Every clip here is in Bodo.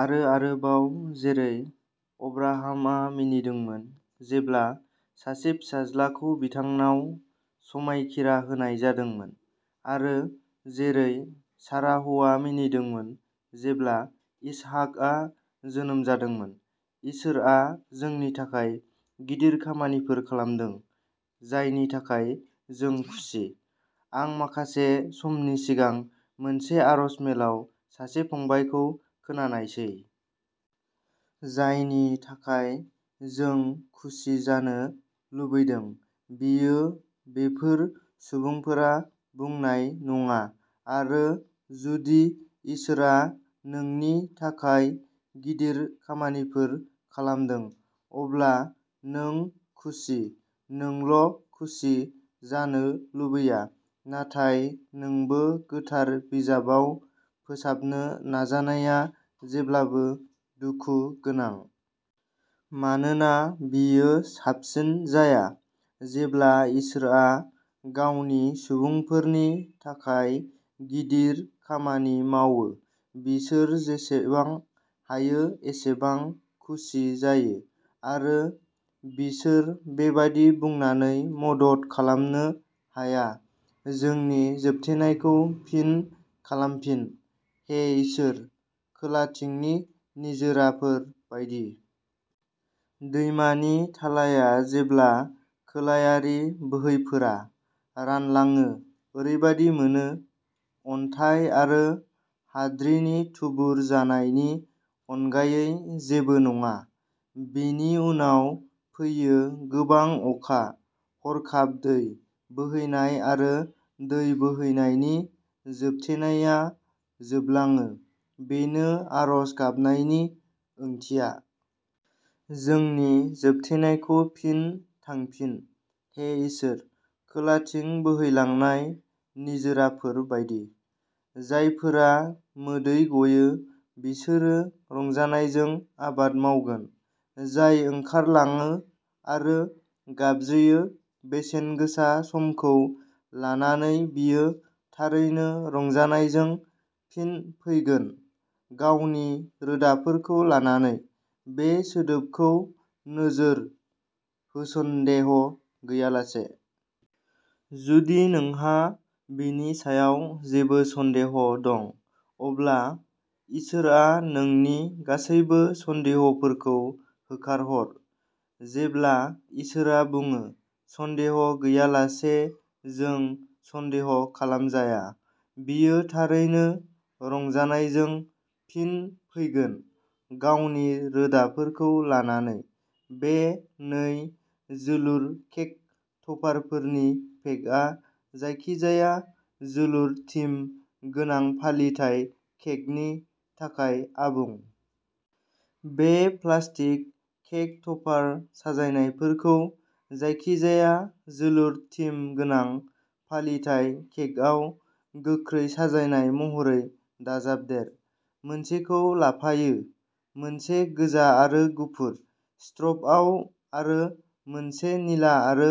आरो आरोबाव, जेरै अब्राहामआ मिनिदोंमोन जेब्ला सासे फिसाज्लाखौ बिथांनाव समायखिरा होनाय जादोंमोन आरो जेरै साराहआ मिनिदोंमोन जेब्ला इसहाकआ जोनोम जादोंमोन। इसोरआ जोंनि थाखाय गिदिर खामानिफोर खालामदों। जायनि थाखाय जों खुसि। आं माखासे समनि सिगां मोनसे आरज मेलाव सासे फंबायखौ खोनानायसै। जायनि थाखाय जों खुसि जानो लुबैदों। बेयो बेफोर सुबुंफोरा बुंनाय नङा आरो जुदि इसोरआ नोंनि थाखाय गिदिर खामानिफोर खालामदों। अब्ला नों खुसि, नोंल' खुसि जानो लुबैया, नाथाय नोंबो गोथार बिजाबाव फोसाबनो नाजानाया जेब्लाबो दुखु गोनां। मानोना बेयो साबसिन जाया। जेब्ला इसोरआ गावनि सुबुंफोरनि थाखाय गिदिर खामानि मावो, बिसोर जेसेबां हायो एसेबां खुसि जायो। आरो बिसोर बेबादि बुंनानै मदद खालामनो हाया। जोंनि जोबथेनायखौ फिन खालामफिन। हे इसोर, खोलाथिंनि निजोराफोर बायदि। दैमानि थालाया, जेब्ला खोलायारि बोहैफोरा रानलाङो, ओरैबादि मोनो। अन्थाय आरो हाद्रिनि थुबुर जानायनि अनगायै जेबो नङा। बेनि उनाव फैयो गोबां अखा, हरखाब दै बोहैनाय आरो दै बोहैनायनि जोबथेनाया जोबलाङो। बेनो आरज गाबनायनि ओंथिया। जोंनि जोबथेनायखौ फिन थांफिन, हे इसोर, खोलाथिं बोहैलांनाय निजोराफोर बायदि। जायफोरा मोदै गयो बिसोरो रंजानायजों आबाद मावगोन। जाय ओंखारलाङो आरो गाबज्रियो बेसेनगोसा समखौ लानानै, बियो थारैनो रंजानायजों फिन फैगोन। गावनि रोदाफोरखौ लानानै। बे सोदोबखौ नोजोर होसन्देह' गैयालासे। जुदि नोंहा बेनि सायाव जेबो सन्देह दं, अब्ला इसोरआ नोंनि गासैबो सन्देहफोरखौ होखारहर। जेब्ला इसोरआ बुङो, सन्देह गैयालासे जों सन्देह खालामजाया। बियो थारैनो रंजानायजों फिन फैगोन, गावनि रोदाफोरखौ लानानै। बे नै, जोलुर केक टपारफोरनि पेकआ जायखिजाया जोलुर थिम गोनां फालिथाय केकनि थाखाय आबुं। बे प्लास्टिक केक टपार साजायनायफोरखौ जायखिजाया जोलुर थिम गोनां फालिथाय केकआव गोख्रै साजायनाय महरै दाजाबदेर। मोनसेखौ लाफायो। मोनसे गोजा आरो गुफुर स्ट्रिपआव आरो मोनसे निला आरो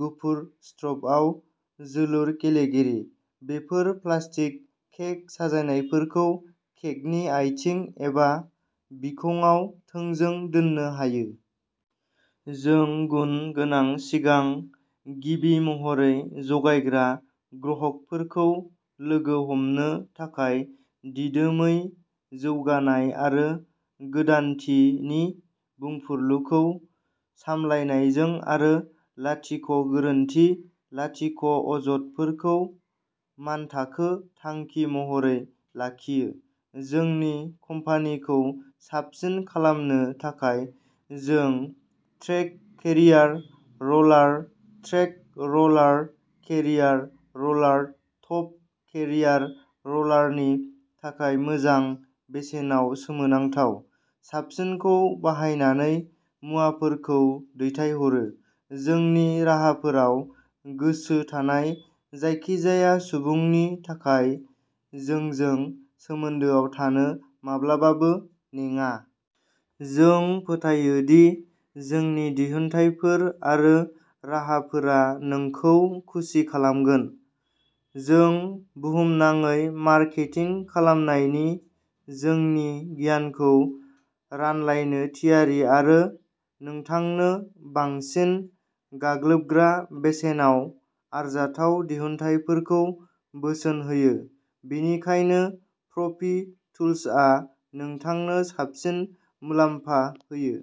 गुफुर स्ट्रिपआव जोलुर गेलेगिरि। बेफोर प्लास्टिक केक साजायनायफोरखौ केकनि आइथिं एबा बिखंआव थोंजों दोननो हायो। जों गुन गोनां सिगां, गिबि महरै जगायग्रा, ग्राहकफोरखौ लोगो हमनो थाखाय दिदोमै जौगानाय आरो गोदानथि नि बुंफुरलुखौ सामलायनायजों आरो लाथिख' गोरोन्थि लाथिख'अजदफोरखौ मानथाखो थांखि महरै लाखियो। जोंनि कम्पानिखौ साबसिन खालामनो थाखाय, जों track carrier roller, track roller carrier roller, top carrier र'लारनि थाखाय मोजां बेसेनाव सोमोनांथाव साबसिनखौ बाहायनानै मुवाफोरखौ दैथायहरो, जोंनि राहाफोराव गोसो थानाय जायखिजाया सुबुंनि थाखाय जोंजों सोमोन्दोआव थानो माब्लाबाबो नेङा। जों फोथायो दि जोंनि दिहुनथायफोर आरो राहाफोरा नोंखौ खुसि खालामगोन। जों बुहुमनाङै मारकेटिं खालामनायनि जोंनि गियानखौ रानलायनो थियारि आरो नोंथांनो बांसिन गाग्लोबग्रा बेसेनाव आरजाथाव दिहुनथायफोरखौ बोसोन होयो। बेनिखायनो प्र'फि टुलसआ नोंथांनो साबसिन मुलाम्फा होयो।